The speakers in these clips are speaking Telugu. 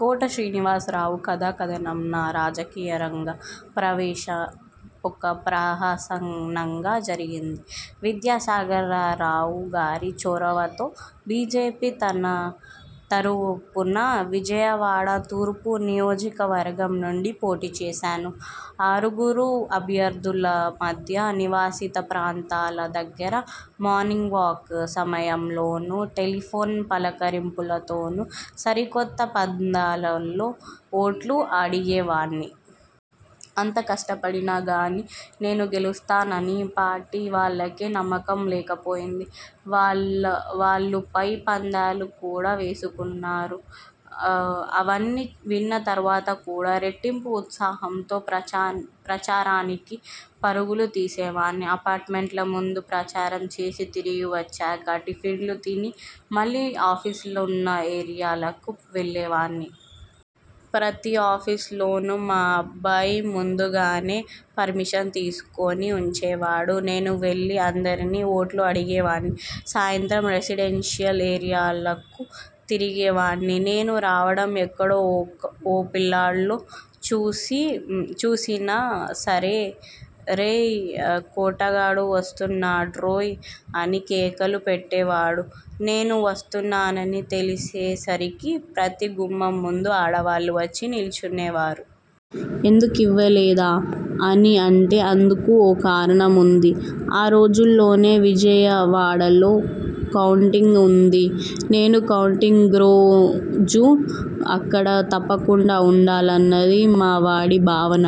కోట శ్రీనివాసరావు కథాకథనం నా రాజకీయరంగ ప్రవేశం ఒక ప్రహసనంగా జరిగింది. విద్యాసాగరరావుగారి చొరవతో బి. జె. పి తరపున విజయవాడ తూర్పు నియోజకవర్గం నుండి పోటీ చేశాను. ఆరుగురు ఆభ్యర్థుల మధ్య నివాసిత ప్రాంతాల దగ్గర, మార్నింగ్ వాకింగ్ సమయాల్లోనూ, టెలిఫోన్ పలకరింపులతోనూ సరికొత్త పంథాలో ఓట్లు అడిగేవాణ్ణి. అంత కష్టపడినా గానీ నేను గెలుస్తానని పార్టీ వాళ్ళకే నమ్మకం లేకపోయింది. వాళ్ళు పై పందాలు కూడా వేసుకున్నారు. అవన్నీ విన్న తర్వాత కూడా రెట్టింపు ఉత్సాహంతో ప్రచారానికి పరుగులు తీసేవాణ్ణి. అపార్ట్మెంట్ల ముందు ప్రచారం చేసి తిరిగివచ్చాక టిఫిన్లు తిని మళ్ళీ ఆఫీసులున్న ఏరియాలకు వెళ్ళేవాణ్ణి. ప్రతి ఆఫీసులోనూ మా అబ్బాయి ముందుగానే పర్మిషన్ తీసుకుని ఉంచేవాడు. నేను వెళ్ళి అందరినీ ఓట్లు అడిగేవాణ్ణి. సాయంత్రం రెసిడెన్షియల్ ఏరియాలకు తిరిగేవాణ్ణి. నేను రావడం ఎక్కడో ఓ పిల్లాడో చూసినా సరే 'రేయ్ కోటగాడు వస్తున్నాడ్రోయ్' అని కేకలు పెట్టేవాడు. నేను వస్తున్నానని తెలిసేసరికి ప్రతి గుమ్మం ముందు ఆడవాళ్లు వచ్చి నిలుచునేవారు. ఎందుకివ్వలేదా? అని అంటే అందుకూ ఓ కారణం ఉంది. ఆ రోజుల్లోనే విజయవాడలో కౌంటింగ్ ఉంది. నేను కౌంటింగ్రోజు అక్కడ తప్పకుండా ఉండాలన్నది మావాడి భావన.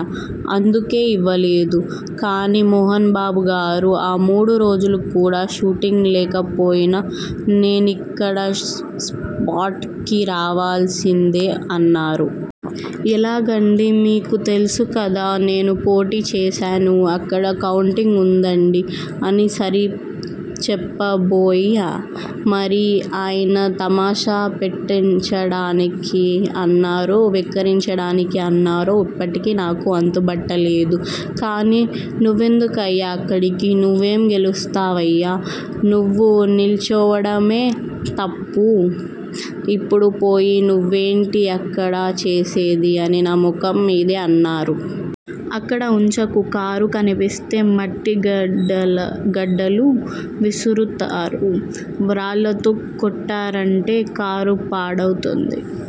అందుకే ఇవ్వలేదు. కానీ మోహన్బాబుగారు ఆ మూడు రోజులు కూడా షూటింగ్ లేకపోయినా నేనిక్కడ స్పాట్కి రావాల్సిందే అన్నారు. 'ఎలాగండి.. మీకు తెలుసుకదా నేను పోటీ చేశాను. అక్కడ కౌంటింగ్ ఉందండీ' అని సర్దిచెప్పబోయా మరి ఆయన తమాషా పట్టించడానికి అన్నారో వెక్కిరించడానికి అన్నారో ఇప్పటికీ నాకు అంతుబట్టదు కానీ నువ్వెందుకయ్యా అక్కడికి నువ్వేం గెలుస్తావయ్యా నువ్వు నిలుచోవడమే తప్పు ఇప్పుడు పోయి నువ్వేంటి అక్కడ చేసేది అని నా ముఖం మీదే అన్నారు. అక్కడ ఉంచకు. కారు కనిపిస్తే మట్టి గడ్డలు విసురుతారు. రాళ్ళతో కొట్టారంటే కారు పాడవుతుంది..